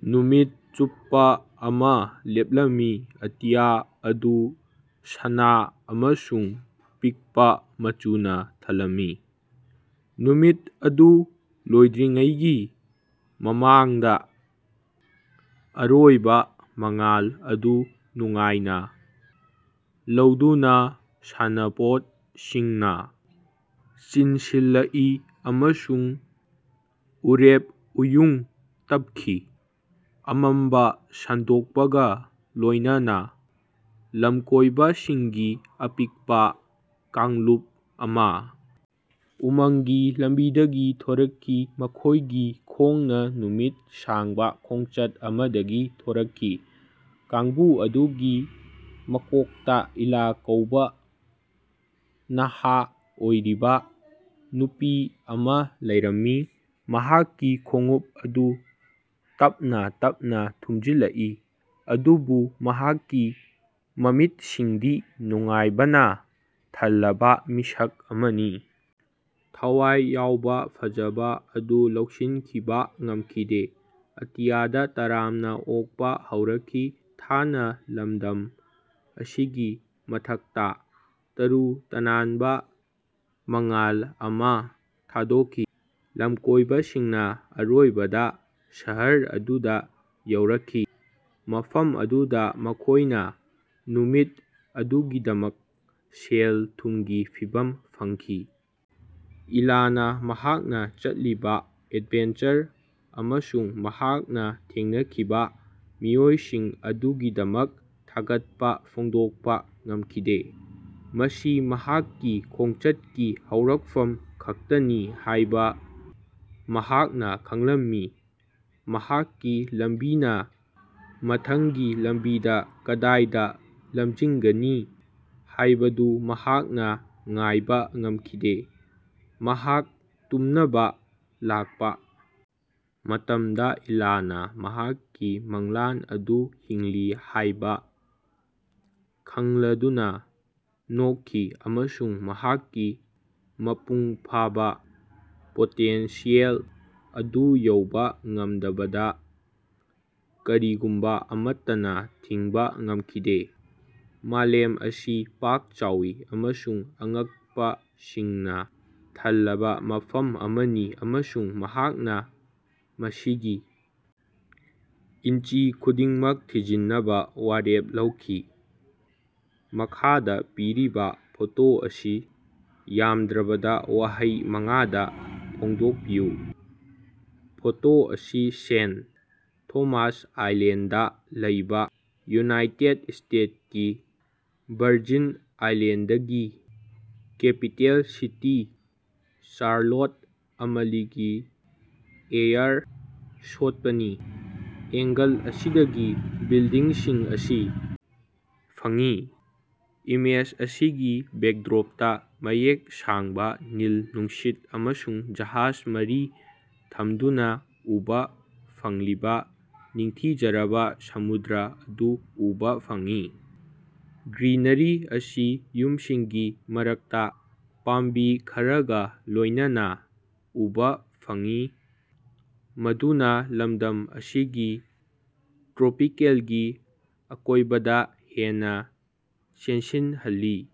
ꯅꯨꯃꯤꯠ ꯆꯨꯞꯄꯥ ꯑꯃꯥ ꯂꯦꯞꯂꯝꯃꯤ ꯑꯇꯤꯌꯥ ꯑꯗꯨ ꯁꯅꯥ ꯑꯃꯁꯨꯡ ꯄꯤꯛꯄꯥ ꯃꯆꯨꯅꯥ ꯊꯜꯂꯝꯃꯤ꯫ ꯅꯨꯃꯤꯠ ꯑꯗꯨ ꯂꯣꯏꯗ꯭ꯔꯤꯉꯩꯒꯤ ꯃꯃꯥꯡꯗꯥ ꯑꯔꯣꯏꯕꯥ ꯃꯉꯥꯜ ꯑꯗꯨ ꯅꯨꯡꯉꯥꯏꯅꯥ ꯂꯧꯗꯨꯅꯥ ꯁꯥꯟꯅꯄꯣꯠꯁꯤꯡꯅꯥ ꯆꯤꯡꯁꯤꯜꯂꯛꯏ ꯑꯃꯁꯨꯡ ꯎꯔꯦꯞ ꯎꯌꯨꯡ ꯇꯞꯈꯤ꯫ ꯑꯃꯝꯕꯥ ꯁꯟꯗꯣꯛꯄꯒꯥ ꯂꯣꯏꯅꯅꯥ ꯂꯝꯀꯣꯏꯕꯁꯤꯡꯒꯤ ꯑꯄꯤꯛꯄꯥ ꯀꯥꯡꯂꯨꯞ ꯑꯃꯥ ꯎꯃꯪꯒꯤ ꯂꯝꯕꯤꯗꯒꯤ ꯊꯣꯔꯛꯈꯤ ꯃꯈꯣꯏꯒꯤ ꯈꯣꯡꯅꯥ ꯅꯨꯃꯤꯠ ꯁꯥꯡꯕꯥ ꯈꯣꯡꯆꯠ ꯑꯃꯗꯒꯤ ꯊꯣꯔꯛꯈꯤ꯫ ꯀꯥꯡꯕꯨ ꯑꯗꯨꯒꯤ ꯃꯀꯣꯛꯇꯥ ꯏꯂꯥ ꯀꯧꯕꯥ ꯅꯍꯥ ꯑꯣꯏꯔꯤꯕꯥ ꯅꯨꯄꯤ ꯑꯃꯥ ꯂꯩꯔꯝꯃꯤ ꯃꯍꯥꯛꯀꯤ ꯈꯣꯡꯎꯞ ꯑꯗꯨ ꯇꯞꯅꯥ ꯇꯞꯅꯥ ꯊꯨꯝꯖꯤꯜꯂꯛꯏ ꯑꯗꯨꯕꯨ ꯃꯍꯥꯛꯀꯤ ꯃꯃꯤꯠꯁꯤꯡꯗꯤ ꯅꯨꯡꯉꯥꯏꯕꯅꯥ ꯊꯜꯂꯕꯥ ꯃꯤꯁꯛ ꯑꯃꯅꯤ꯫ ꯊꯋꯥꯏ ꯌꯥꯎꯕꯥ ꯐꯖꯕꯥ ꯑꯗꯨ ꯂꯧꯁꯤꯟꯈꯤꯕꯥ ꯉꯝꯈꯤꯗꯦ꯫ ꯑꯇꯤꯌꯥꯗꯥ ꯇꯔꯥꯝꯅꯥ ꯑꯣꯛꯄꯥ ꯍꯧꯔꯛꯈꯤ ꯊꯥꯅꯥ ꯂꯝꯗꯝ ꯑꯁꯤꯒꯤ ꯃꯊꯛꯇꯥ ꯇꯔꯨ ꯇꯅꯥꯟꯕꯥ ꯃꯉꯥꯜ ꯑꯃꯥ ꯊꯥꯗꯣꯛꯈꯤ꯫ ꯂꯝꯀꯣꯏꯕꯁꯤꯡꯅꯥ ꯑꯔꯣꯏꯕꯗꯥ ꯁꯍꯔ ꯑꯗꯨꯗꯥ ꯌꯧꯔꯛꯈꯤ ꯃꯐꯝ ꯑꯗꯨꯗꯥ ꯃꯈꯣꯏꯅꯥ ꯅꯨꯃꯤꯠ ꯑꯗꯨꯒꯤꯗꯃꯛ ꯁꯦꯜ ꯊꯨꯝꯒꯤ ꯐꯤꯚꯝ ꯐꯪꯈꯤ꯫ ꯏꯂꯥꯅꯥ ꯃꯍꯥꯛꯅꯥ ꯆꯠꯂꯤꯕꯥ ꯑꯦꯗꯚꯦꯟꯆꯔ ꯑꯃꯁꯨꯡ ꯃꯍꯥꯛꯅꯥ ꯊꯦꯡꯅꯈꯤꯕꯥ ꯃꯤꯑꯣꯏꯁꯤꯡ ꯑꯗꯨꯒꯤꯗꯃꯛ ꯊꯥꯒꯠꯄꯥ ꯐꯣꯡꯗꯣꯛꯄꯥ ꯉꯝꯈꯤꯗꯦ꯫ ꯃꯁꯤ ꯃꯍꯥꯛꯀꯤ ꯈꯣꯡꯆꯠꯀꯤ ꯍꯧꯔꯛꯐꯝ ꯈꯛꯇꯅꯤ ꯍꯥꯏꯕꯥ ꯃꯍꯥꯛꯅꯥ ꯈꯪꯂꯝꯏ ꯃꯍꯥꯛꯀꯤ ꯂꯝꯕꯤꯅꯥ ꯃꯊꯪꯒꯤ ꯂꯝꯕꯤꯗꯥ ꯀꯗꯥꯏꯗꯥ ꯂꯝꯖꯤꯡꯒꯅꯤ ꯍꯥꯏꯕꯗꯨ ꯃꯍꯥꯛꯅꯥ ꯉꯥꯏꯕꯥ ꯉꯝꯈꯤꯗꯦ꯫ ꯃꯍꯥꯛ ꯇꯨꯝꯅꯕꯥ ꯂꯥꯛꯄꯥ ꯃꯇꯝꯗꯥ ꯏꯂꯥꯅꯥ ꯃꯍꯥꯛꯀꯤ ꯃꯪꯂꯥꯟ ꯑꯗꯨ ꯍꯤꯡꯂꯤ ꯍꯥꯏꯕꯥ ꯈꯪꯂꯗꯨꯅꯥ ꯅꯣꯛꯈꯤ ꯑꯃꯁꯨꯡ ꯃꯍꯥꯛꯀꯤ ꯃꯄꯨꯡ ꯐꯥꯕꯥ ꯄꯣꯇꯦꯟꯁꯤꯌꯦꯜ ꯑꯗꯨ ꯌꯧꯕꯥ ꯉꯝꯗꯕꯗꯥ ꯀꯔꯤꯒꯨꯝꯕꯥ ꯑꯃꯠꯇꯅꯥ ꯊꯤꯡꯕꯥ ꯉꯝꯈꯤꯗꯦ꯫ ꯃꯥꯂꯦꯝ ꯑꯁꯤ ꯄꯥꯛ ꯆꯥꯎꯏ ꯑꯃꯁꯨꯡ ꯑꯉꯛꯄꯁꯤꯡꯅꯥ ꯊꯜꯂꯕꯥ ꯃꯐꯝ ꯑꯃꯅꯤ ꯑꯃꯁꯨꯡ ꯃꯍꯥꯛꯅꯥ ꯃꯁꯤꯒꯤ ꯏꯟꯆꯤ ꯈꯨꯗꯤꯡꯃꯛ ꯊꯤꯖꯤꯟꯅꯕꯥ ꯋꯥꯔꯦꯞ ꯂꯧꯈꯤ꯫ ꯃꯈꯥꯗꯥ ꯄꯤꯔꯤꯕꯥ ꯐꯣꯇꯣ ꯑꯁꯤ ꯌꯥꯝꯗ꯭ꯔꯕꯗꯥ ꯋꯥꯍꯩ ꯃꯉꯥꯗꯥ ꯐꯣꯡꯗꯣꯛꯄꯤꯌꯨ꯫ ꯐꯣꯇꯣ ꯑꯁꯤ ꯁꯦꯟ꯫ ꯊꯣꯃꯥꯁ ꯑꯥꯏꯂꯦꯟꯗꯗꯥ ꯂꯩꯕꯥ ꯌꯨꯅꯥꯏꯇꯦꯗ ꯁ꯭ꯇꯦꯠꯀꯤ ꯚꯔꯖꯤꯟ ꯑꯥꯏꯂꯦꯟꯗꯒꯤ ꯀꯦꯄꯤꯇꯦꯜ ꯁꯤꯇꯤ ꯆꯥꯔꯂꯣꯠ ꯑꯃꯂꯤꯒꯤ ꯑꯦꯌꯔ ꯁꯣꯠꯄꯅꯤ꯫ ꯑꯦꯡꯒꯜ ꯑꯁꯤꯗꯒꯤ ꯕꯤꯜꯗꯤꯡꯁꯤꯡ ꯑꯁꯤ ꯐꯪꯏ꯫ ꯏꯃꯦꯖ ꯑꯁꯤꯒꯤ ꯕꯦꯛꯗ꯭ꯔꯣꯞꯇꯥ ꯃꯌꯦꯛ ꯁꯥꯡꯕꯥ ꯅꯤꯜ ꯅꯨꯡꯁꯤꯠ ꯑꯃꯁꯨꯡ ꯖꯍꯥꯖ ꯃꯔꯤ ꯊꯝꯗꯨꯅꯥ ꯎꯕꯥ ꯐꯪꯂꯤꯕꯥ ꯅꯤꯡꯊꯤꯖꯔꯕꯥ ꯁꯃꯨꯗ꯭ꯔ ꯑꯗꯨ ꯎꯕꯥ ꯐꯪꯏ꯫ ꯒ꯭ꯔꯤꯅꯔꯤ ꯑꯁꯤ ꯌꯨꯝꯁꯤꯡꯒꯤ ꯃꯔꯛꯇꯥ ꯄꯥꯝꯕꯤ ꯈꯔꯒꯥ ꯂꯣꯏꯅꯅꯥ ꯎꯕꯥ ꯐꯪꯏ ꯃꯗꯨꯅꯥ ꯂꯝꯗꯝ ꯑꯁꯤꯒꯤ ꯇ꯭ꯔꯣꯄꯤꯀꯦꯜꯒꯤ ꯑꯀꯣꯏꯕꯗꯥ ꯍꯦꯟꯅꯥ ꯆꯦꯟꯁꯤꯜꯍꯜꯂꯤ꯫